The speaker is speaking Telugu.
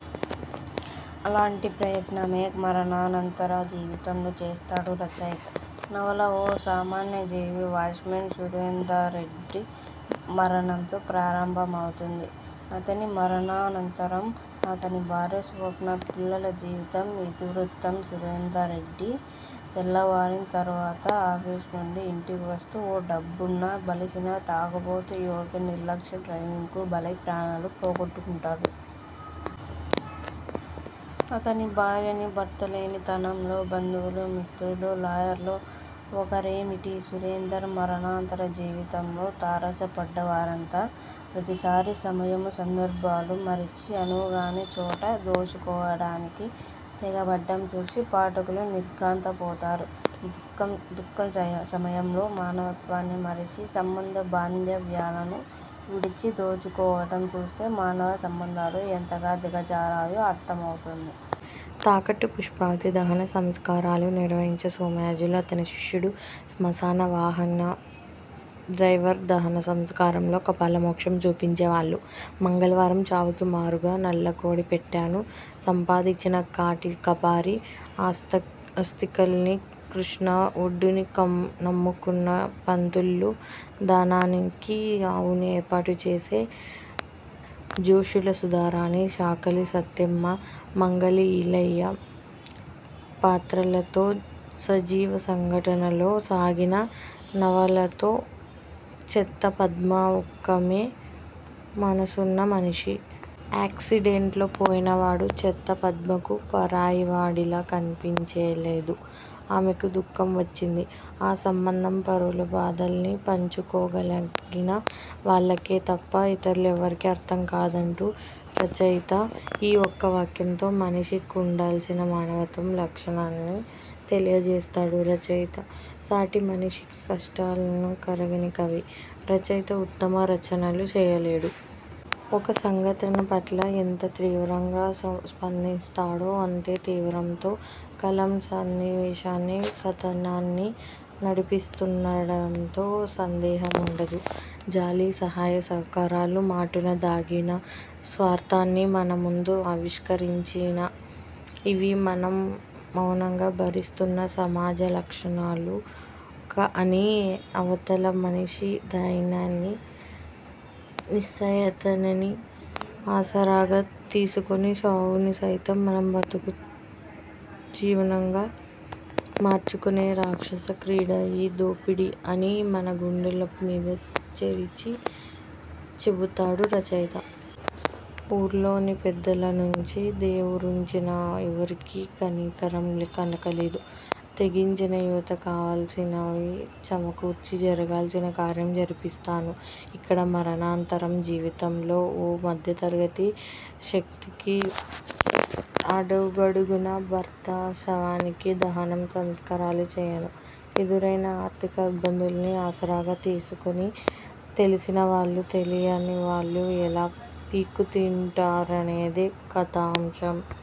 అలాంటి ప్రయత్నమే 'మరణానంతర జీవితం'లో చేస్తాడు రచయిత. నవల ఓ సామాన్య జీవి- వాచ్మెన్ సురేందర్రెడ్డి మరణంతో ప్రారంభమవుతుంది. అతని మరణానంతరం అతని భార్య స్వప్న, పిల్లల జీవితం ఇతివృత్తం. సురేందర్రెడ్డి తెల్లవారిం తరువాత ఆఫీసు నుండి ఇంటికి వస్తూ ఓ డబ్బున్న, బలిసిన తాగుబోతు యువకుడి నిర్లక్ష్య డ్రైవింగ్కు బలై ప్రాణాలు పోగొట్టుకుంటాడు. అతని భార్యని- భర్తలేనితనంలో- బంధువులూ, మిత్రులూ, లాయర్లూ ఒకరేమిటి, సురేందర్ మరణానంతర జీవితంలో తారసపడ్డవారంతా ప్రతిసారి సమయము సందర్భాలు మరచి, అనువుగాని చోట దోచుకోవడానికి తెగబడ్డం చూసి పాఠకులు నిర్ఘాంతపోతారు. దుఃఖ సమయంలో మానవత్వాన్ని మరచి, సంబంధ బాంధవ్యాలను విడిచి దోచుకోవడం చూస్తే మానవ సంబంధాలు ఎంతగా దిగజారాయో అర్థమవుతుంది. తాకట్టు పుష్పావతి, దహన సంస్కారాలు నిర్వహించే సోమయాజులు, అతని శిష్యుడు, శ్మశాన వాహక డ్రైవర్, దహన సంస్కారంలో కపాల మోక్షం చూపించే వాళ్ళు, మంగళవారం చావుకి మారుగా నల్లకోడి పెట్టను సంపాదించిన కాటి కాపరి, అస్థికల్నీ కృష్ణా ఒడ్డునీ నమ్ముకున్న పంతుళ్ళు, దానానికి ఆవుని ఏర్పాటు చేసే జోస్యుల సుధారాణి, చాకలి సత్తెమ్మ, మంగలి ఐలమ్మ పాత్రలతో సజీవ సంఘటనలతో సాగిన నవలలో చెత్త పద్మ ఒక్కామే మనసున్న మనిషి. ఆక్సిడెంట్లో పోయినవాడు చెత్త పద్మకు పరాయివాడిలా కన్పించలేదు. ఆమెకు దుఃఖం వచ్చింది. ఆ సంబంధం పరుల బాధల్ని పంచుకోగలిగిన వాళ్ళకే తప్ప ఇతర్లెవ్వరికీ అర్థం కాదంటాడు రచయిత. ఈ ఒక్క వాక్యంతో మనిషి కుండాల్సిన మానవత్వ లక్షణాల్ని తెలియజేస్తాడు రచయిత. సాటి మనిషి కష్టాలకు కరగని కవి, రచయిత ఉత్తమ రచనలు చెయ్యలేడు. ఒక సంఘటన పట్ల ఎంత తీవ్రంగా స్పందిస్తాడో అంతే తీవ్రతతో కలం సన్నివేశాన్నీ కథనాన్నీ నడిపిస్తుందనడంలో సందేహముండదు. జాలి, సహాయ సహకారాల మాటున దాగిన స్వార్థాన్ని మన ముందు ఆవిష్కరించి, ఇవీ మనం మౌనంగా భరిస్తున్న సమాజ లక్షణాలు అనీ, అవతల మనిషి దైన్యాన్నీ నిస్సహాయతనీ ఆసరాగా తీసుకుని చావుని సైతం మన బతుక్కు జీవంగా మార్చుకునే రాక్షస క్రీడ ఈ దోపిడీ అనీ మన గుండెల మీద చరిచి చెబుతాడు రచయిత. ఊర్లోని పెద్దల ను దేవురించినా ఎవరికీ కనికరం కలగలేదు. తెగించిన యువత కావాల్సినవి సమకూర్చి జరగాల్సిన కార్యం జరిపిస్తారు. ఇక్కడ 'మరణానంతర జీవితం'లో ఓ మధ్యతరగతి సీ్త్రకి అడుగడుగునా భర్త శవానికి దహన సంస్కారాలు చెయ్యను ఎదురైన ఆర్థిక ఇబ్బందుల్ని ఆసరాగా తీసుకుని తెలిసిన వాళ్ళూ తెలియనివాళ్ళూ ఎలా పీక్కుతింటారనేది కథాంశం.